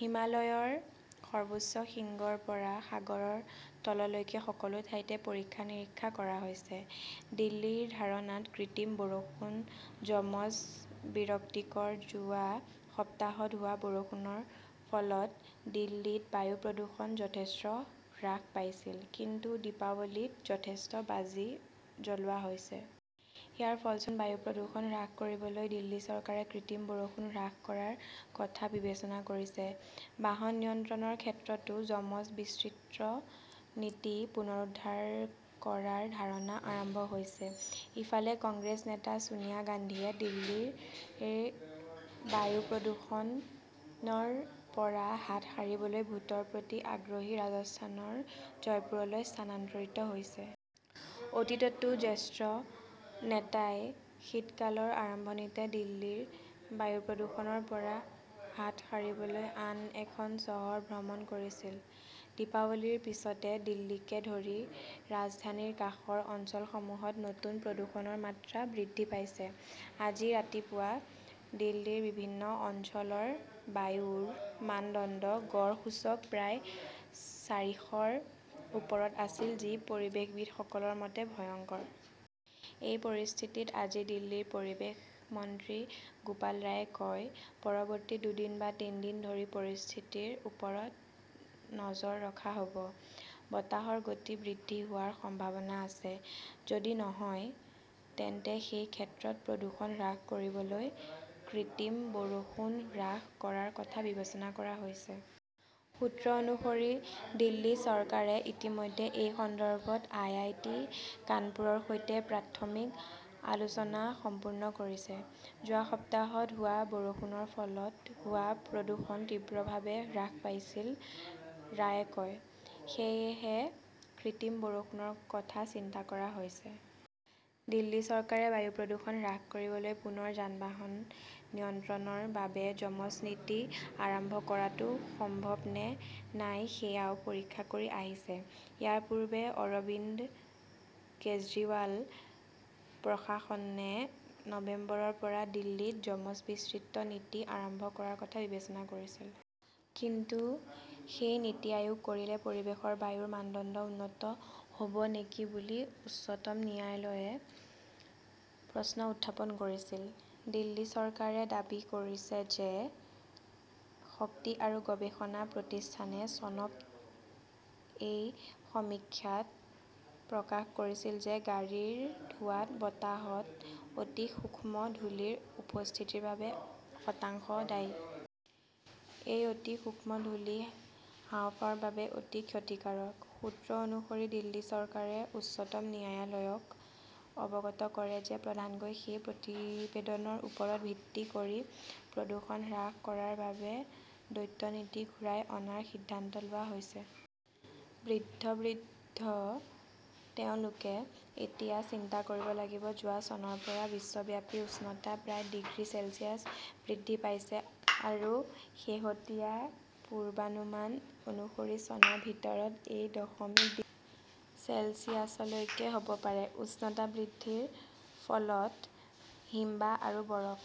হিমালয়ৰ সৰ্বোচ্চ শৃংগৰ পৰা সাগৰৰ তললৈকে সকলো ঠাইতে পৰীক্ষা-নিৰীক্ষা কৰা হৈছে। দিল্লীৰ ধাৰণাত কৃত্ৰিম বৰষুণ, যমজ-বিৰক্তিকৰ যোৱা সপ্তাহত হোৱা বৰষুণৰ ফলত দিল্লীত বায়ু প্ৰদূষণ যথেষ্ট হ্ৰাস পাইছিল। কিন্তু দীপাৱলীত যথেষ্ট বাজি জ্বলোৱা হৈছে। ইয়াৰ ফলস্বৰূপে নতুন বায়ু প্ৰদূষণ হ্ৰাস কৰিবলৈ দিল্লী চৰকাৰে কৃত্ৰিম বৰষুণ হ্ৰাস কৰাৰ কথা বিবেচনা কৰিছে। বাহন নিয়ন্ত্ৰণৰ ক্ষেত্ৰতো যমজ-বিচিত্ৰ নীতি পুনৰুদ্ধাৰ কৰাৰ ধাৰণা আৰম্ভ হৈছে। ইফালে, কংগ্ৰেছ নেতা ছোনিয়া গান্ধীয়ে দিল্লীৰ বায়ু প্ৰদূষণৰ পৰা হাত সাৰিবলৈ ভোটৰ প্ৰতি আগ্ৰহী ৰাজস্থানৰ জয়পুৰলৈ স্থানান্তৰিত হৈছে। অতীততো জ্যেষ্ঠ নেতাই শীতকালৰ আৰম্ভণিতে দিল্লীৰ বায়ু প্ৰদূষণৰ পৰা হাত সাৰিবলৈ আন এখন চহৰ ভ্ৰমণ কৰিছিল। দীপাৱলীৰ পিছতে দিল্লীকে ধৰি ৰাজধানীৰ কাষৰ অঞ্চলসমূহত নতুন প্ৰদূষণৰ মাত্ৰা বৃদ্ধি পাইছে। আজি ৰাতিপুৱা দিল্লীৰ বিভিন্ন অঞ্চলৰ বায়ুৰ মানদণ্ডৰ গড় সূচক প্ৰায় চাৰিশৰ ওচৰত আছিল, যি পৰিৱেশবিদসকলৰ মতে 'ভয়ংকৰ "। এই পৰিস্থিতিত আজি দিল্লীৰ পৰিৱেশ মন্ত্ৰী গোপাল ৰায়ে কয়, "পৰৱৰ্তী দুদিন বা তিনি দিন ধৰি পৰিস্থিতিৰ ওপৰত নজৰ ৰখা হ" ব। বতাহৰ গতি বৃদ্ধি হোৱাৰ সম্ভাৱনা আছে। যদি নহয়, তেন্তে সেই ক্ষেত্ৰত প্ৰদূষণ হ্ৰাস কৰিবলৈ কৃত্ৰিম বৰষুণ হ্ৰাস কৰাৰ কথা বিবেচনা কৰা হৈছে। "সূত্ৰ অনুসৰি, দিল্লী চৰকাৰে ইতিমধ্যে এই সন্দৰ্ভত আই. আই. টি. -কানপুৰৰ সৈতে প্ৰাথমিক আলোচনা সম্পূৰ্ণ কৰিছে। "যোৱা সপ্তাহত হোৱা বৰষুণৰ ফলত হোৱা প্ৰদূষণ তীব্ৰভাৱে হ্ৰাস পাইছিল", ৰায়ে কয়। সেয়েহে কৃত্ৰিম বৰষুণৰ কথা চিন্তা কৰা হৈছে। "দিল্লী চৰকাৰে বায়ু প্ৰদূষণ হ্ৰাস কৰিবলৈ পুনৰ যান-বাহন নিয়ন্ত্ৰণৰ বাবে যমজ নীতি আৰম্ভ কৰাটো সম্ভৱনে নাই সেয়াও পৰীক্ষা কৰি আছে। ইয়াৰ পূৰ্বে অৰবিন্দ কেজৰিৱাল প্ৰশাসনে নৱেম্বৰৰ পৰা দিল্লীত যমজ-বিচিত্ৰ নীতি আৰম্ভ কৰাৰ কথা বিবেচনা কৰিছিল। কিন্তু সেই নীতি প্ৰয়োগ কৰিলে পৰিৱেশৰ বায়ুৰ মানদণ্ড উন্নত হ "ব নেকি বুলি উচ্চতম ন্যায়ালয়ে প্ৰশ্ন উত্থাপন কৰিছিল। দিল্লী চৰকাৰে দাবী কৰিছে যে শক্তি আৰু গৱেষণা প্ৰতিষ্ঠানে চনত এক সমীক্ষাত প্ৰকাশ কৰিছিল যে গাড়ীৰ ধোঁৱা বতাহত অতি সূক্ষ্ম ধূলি ৰ উপস্থিতিৰ বাবে শতাংশ দায়ী। এই অতি সূক্ষ্ম ধূলি হাঁওফাঁওৰ বাবে অতি ক্ষতিকাৰক। সূত্ৰ অনুসৰি, দিল্লী চৰকাৰে উচ্চতম ন্যায়ালয়ক অৱগত কৰিব যে প্ৰধানকৈ সেই প্ৰতিবেদনৰ ওপৰত ভিত্তি কৰি প্ৰদূষণ হ্ৰাস কৰাৰ বাবে দ্বৈত নীতি ঘূৰাই অনাৰ সিদ্ধান্ত লোৱা হৈছে। বৃদ্ধ বৃদ্ধঃ তেওঁলোকে এতিয়া চিন্তা কৰিব লাগিব যোৱা চনৰ পৰা বিশ্বব্যাপী উষ্ণতা প্ৰায় ডিগ্ৰী চেলছিয়াছ বৃদ্ধি পাইছে আৰু শেহতীয়া পূৰ্বানুমান অনুসৰি চনৰ ভিতৰত ই দশমিক ডিগ্ৰী চেলছিয়াছলৈকে হ 'ব পাৰে। উষ্ণতা বৃদ্ধিৰ ফলত হিমবাহ আৰু বৰফ